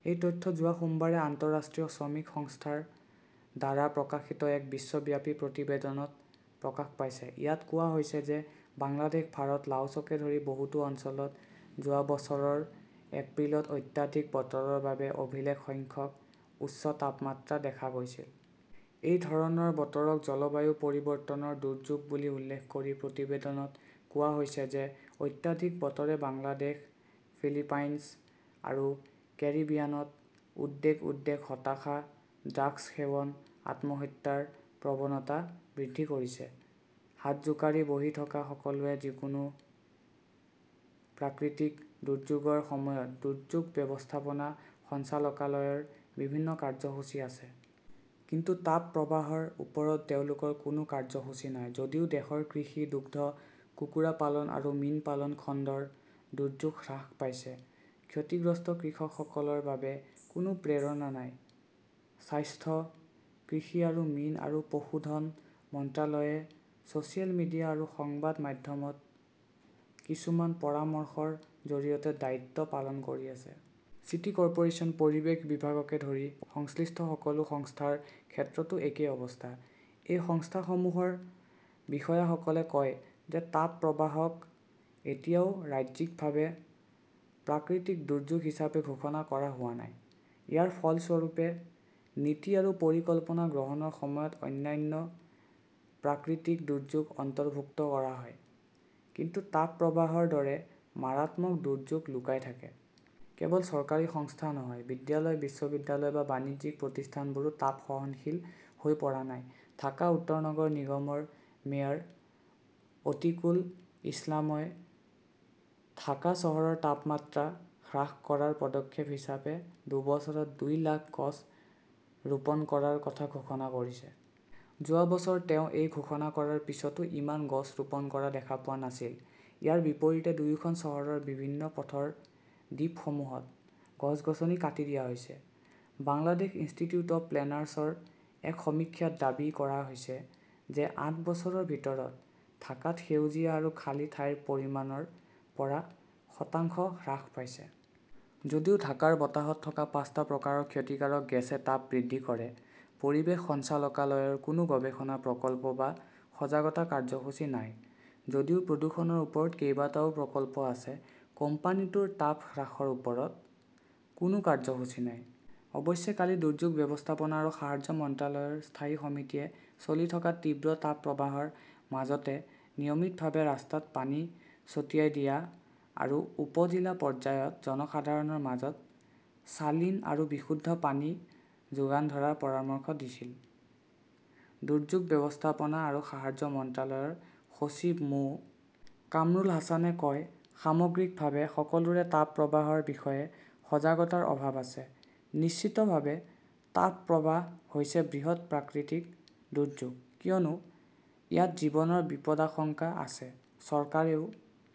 এই তথ্য যোৱা সোমবাৰে আন্তঃৰাষ্ট্ৰীয় শ্ৰমিক সংস্থা ৰ দ্বাৰা প্ৰকাশিত এক বিশ্বব্যাপী প্ৰতিবেদনত প্ৰকাশ পাইছে। ইয়াত কোৱা হৈছে যে বাংলাদেশ, ভাৰত, লাওছকে ধৰি বহুতো অঞ্চলত যোৱা বছৰৰ এপ্ৰিলত অত্যাধিক বতৰৰ বাবে অভিলেখ সংখ্যক উচ্চ তাপমাত্ৰা দেখা গৈছিল। এই ধৰণৰ বতৰক জলবায়ু পৰিৱৰ্তনৰ দুৰ্যোগ বুলি উল্লেখ কৰি প্ৰতিবেদনত কোৱা হৈছে যে অত্যাধিক বতৰে বাংলাদেশ, ফিলিপাইনছ আৰু কেৰিবিয়ানত উদ্বেগ, উদ্বেগ, হতাশা, ড্ৰাগছ সেৱন, আত্মহত্যাৰ প্ৰৱণতা বৃদ্ধি কৰিছে। হাত জোকাৰি বহি থকা সকলোৱে যিকোনো প্ৰাকৃতিক দুৰ্যোগৰ সময়ত দুৰ্যোগ ব্যৱস্থাপনা সঞ্চালকালয়ৰ বিভিন্ন কাৰ্যসূচী আছে। কিন্তু তাপপ্ৰবাহৰ ওপৰত তেওঁলোকৰ কোনো কাৰ্যসূচী নাই। যদিও দেশৰ কৃষি, দুগ্ধ, কুকুৰা পালন আৰু মীন পালন খণ্ডৰ দুৰ্যোগ হ্ৰাস পাইছে, ক্ষতিগ্ৰস্ত কৃষকসকলৰ বাবে কোনো প্ৰেৰণা নাই। স্বাস্থ্য, কৃষি আৰু মীন আৰু পশুধন মন্ত্ৰালয়ে ছ "চিয়েল মিডিয়া আৰু সংবাদ মাধ্যমত কিছুমান পৰামৰ্শৰ জৰিয়তে দায়িত্ব পালন কৰি আছে। চিটি কৰ্পোৰেচন, পৰিৱেশ বিভাগকে ধৰি সংশ্লিষ্ট সকলো সংস্থাৰ ক্ষেত্ৰতো একেই অৱস্থা। এই সংস্থাসমূহৰ বিষয়াসকলে কয় যে তাপপ্ৰবাহক এতিয়াও ৰাজ্যিকভাৱে প্ৰাকৃতিক দুৰ্যোগ হিচাপে ঘোষণা কৰা হোৱা নাই। ইয়াৰ ফলস্বৰূপে নীতি আৰু পৰিকল্পনা গ্ৰহণৰ সময়ত অন্যান্য প্ৰাকৃতিক দুৰ্যোগ অন্তৰ্ভুক্ত কৰা হয়, কিন্তু তাপপ্ৰবাহৰ দৰে মাৰাত্মক দুৰ্যোগ লুকাই থাকে। কেৱল চৰকাৰী সংস্থা নহয়, বিদ্যালয়-বিশ্ববিদ্যালয় বা বাণিজ্যিক প্ৰতিষ্ঠানবোৰো তাপ-সহনশীল হৈ পৰা নাই। ঢাকা উত্তৰ নগৰ নিগমৰ মেয়ৰ অতীকুল ইছলামই ঢাকা চহৰৰ তাপমাত্ৰা হ্ৰাস কৰাৰ পদক্ষেপ হিচাপে দুবছৰত দুই লাখ গছ ৰোপণ কৰাৰ কথা ঘোষণা কৰিছে। যোৱা বছৰ তেওঁ এই ঘোষণা কৰাৰ পিছতো ইমান গছ ৰোপণ কৰা দেখা পোৱা নাছিল। ইয়াৰ বিপৰীতে দুয়োখন চহৰৰ বিভিন্ন পথৰ দ্বীপসমূহত গছ-গছনি কাটি দিয়া হৈছে। বাংলাদেশ ইনষ্টিটিউট অৱ প্লেনাৰ্ছৰ এক সমীক্ষাত দাবী কৰা হৈছে যে আঠ বছৰৰ ভিতৰত ঢাকাত সেউজীয়া আৰু খালী ঠাইৰ পৰিমাণ ৰ পৰা শতাংশ হ্ৰাস পাইছে। যদিও ঢাকাৰ বতাহত থকা পাঁচটা প্ৰকাৰৰ ক্ষতিকাৰক গেছই তাপ বৃদ্ধি কৰে, পৰিৱেশ সঞ্চালকালয়ৰ কোনো গৱেষণা, প্ৰকল্প বা সজাগতা কাৰ্যসূচী নাই। যদিও প্ৰদূষণৰ ওপৰত কেইবাটাও প্ৰকল্প আছে, কোম্পানীটোৰ তাপ হ্ৰাসৰ ওপৰত কোনো কাৰ্যসূচী নাই। অৱশ্যে, কালি দুৰ্যোগ ব্যৱস্থাপনা আৰু সাহায্য মন্ত্ৰালয়ৰ স্থায়ী সমিতিয়ে চলি থকা তীব্ৰ তাপপ্ৰবাহৰ মাজতে নিয়মিতভাৱে ৰাস্তাত পানী ছটিয়াই দিয়া আৰু উপ-জিলা পৰ্যায়ত জনসাধাৰণৰ মাজত চালিন আৰু বিশুদ্ধ পানী যোগান ধৰাৰ পৰামৰ্শ দিছিল। দুৰ্যোগ ব্যৱস্থাপনা আৰু সাহায্য মন্ত্ৰালয়ৰ সচিব মো. কামৰুল হাছানে কয়, "সামগ্ৰিকভাৱে সকলোৰে তাপপ্ৰবাহৰ বিষয়ে সজাগতাৰ অভাৱ আছে। নিশ্চিতভাৱে তাপপ্ৰবাহ হৈছে বৃহৎ প্ৰাকৃতিক দুৰ্যোগ। কিয়নো, ইয়াত জীৱনৰ বিপদাশংকা আছে। চৰকাৰেও